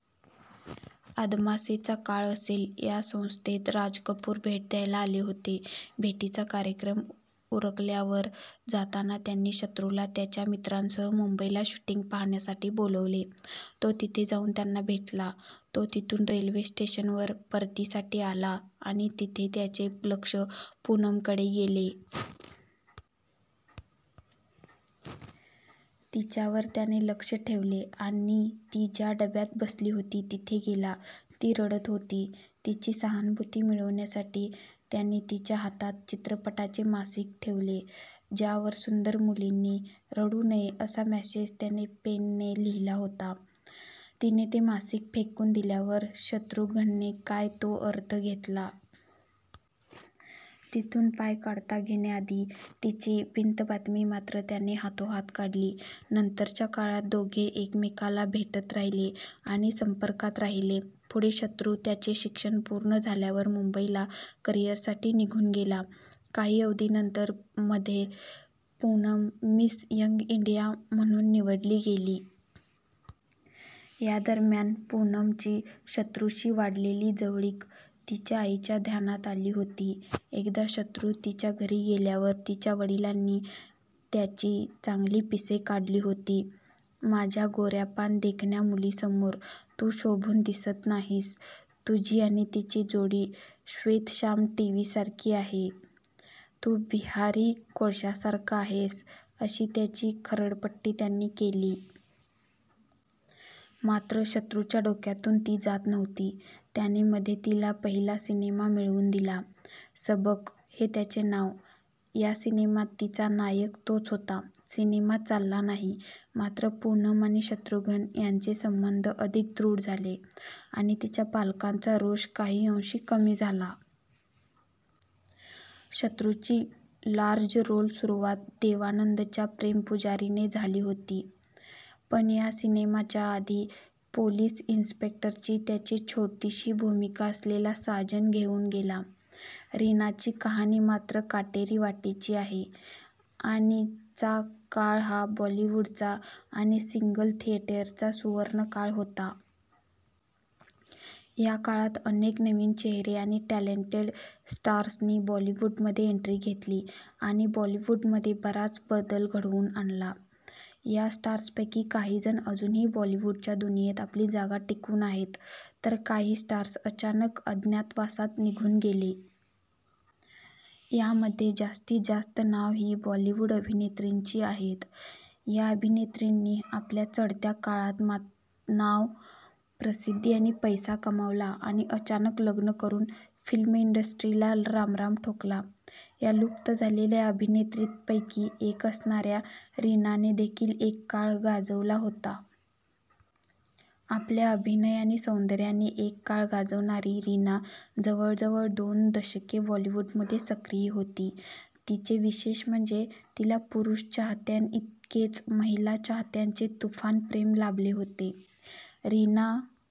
आदमासे चा काळ असेल, या संस्थेत राजकपूर भेट द्यायला आले होते. भेटीचा कार्यक्रम उरकल्यावर जाताना त्यांनी शत्रूला त्याच्या मित्रांसह मुंबईला शुटींग पाहण्यासाठी बोलवले. तो तिथे जाऊन त्यांना भेटला. तो तिथून रेल्वे स्टेशनवर परतीसाठी आला आणि तिथे त्याचे लक्ष पूनमकडे गेले. तिच्यावर त्याने लक्ष ठेवले आणि ती ज्या डब्यात बसली होती तिथे गेला. ती रडत होती, तिची सहानुभूती मिळवण्यासाठी त्याने तिच्या हातात चित्रपटाचे मासिक ठेवले ज्यावर सुंदर मुलीनी रडू नये असा मेसेज त्याने पेनने लिहिला होता, तिने ते मासिक फेकून दिल्यावर शत्रुघ्नने काय तो अर्थ घेतला. तिथून पाय काढता घेण्याआधी तिची बित्तंबातमी मात्र त्याने हातोहात काढली. नंतरच्या काळात दोघे एकेमकाला भेटत राहिले आणि संपर्कात राहिले. पुढे शत्रू त्याचे शिक्षण पूर्ण झाल्यावर मुंबईला करिअरसाठी निघून गेला. काही अवधीनंतर मध्ये पूनम मिस यंग इंडिया म्हणून निवडली गेली. यादरम्यान पूनमची शत्रूशी वाढलेली जवळीक तिच्या आईच्या ध्यानात आली होती. एकदा शत्रू तिच्या घरी गेल्यावर तिच्या वडिलांनी त्याची चांगली पिसे काढली होती. "माझ्या गोऱ्यापान देखण्या मुलीसमोर तू शोभून दिसत नाहीस तुझी आणि तिची जोडी श्वेतशाम टीव्ही सारखी आहे, तू बिहारी कोळशासारखा आहेस" अशी त्याची खरडपट्टी त्यांनी केली. मात्र शत्रूच्या डोक्यातून ती जात नव्हती, त्याने मध्ये तिला पहिला सिनेमा मिळवून दिला 'सबक' हे त्याचे नाव. या सिनेमात तिचा नायक तोच होता. सिनेमा चालला नाही मात्र पूनम आणि शत्रुघ्न यांचे संबंध अधिक दृढ झाले आणि तिच्या पालकांचा रोष काही अंशी कमी झाला. शत्रूची लार्ज रोल सुरुवात देवआनंदच्या प्रेमपुजारीने झाली होती पण या सिनेमाच्या आधी पोलीस इन्स्पेक्टरची त्याची छोटीशी भूमिका असलेला 'साजन' येऊन गेला. रीनाची कहानी मात्र काटेरी वाटेची आहे. आणि चा काळ हा बॉलिवूडचा आणि सिंगल थियेटरचा सुवर्णकाळ होता. या काळात अनेक नवीन चेहरे आणि टॅलेंटेड स्टार्सनी बॉलिवूडमध्ये एन्ट्री घेतली आणि बॉलिवूडमध्ये बराच बदल घडवून आणला. या स्टार्सपैकी काहीजण अजूनही बॉलिवूडच्या दुनियेत आपली जागा टिकवून आहेत, तर काही स्टार्स अचानक अज्ञातवासात निघून गेले. यामध्ये जास्तीत जास्त नावं ही बॉलिवूड अभिनेत्रींची आहेत. या अभिनेत्रींनी आपल्या चढत्या काळात नाव, प्रसिद्धी आणि पैसा कमावला आणि अचानक लग्न करुन फिल्म इंडस्ट्रीला रामराम ठोकला. या लुप्त झालेल्या अभिनेत्रीतपैकी एक असणाऱ्या रीनाने देखील एक काळ गाजवला होता. आपल्या अभिनय आणि सौंदर्याने एक काळ गाजवणारी रीना जवळजवळ दोन दशके बॉलीवूडमध्ये सक्रीय होती. तिचे विशेष म्हणजे तिला पुरुष चाहत्यांइतकेच महिला चाहत्यांचे तुफान प्रेम लाभले होते. रीना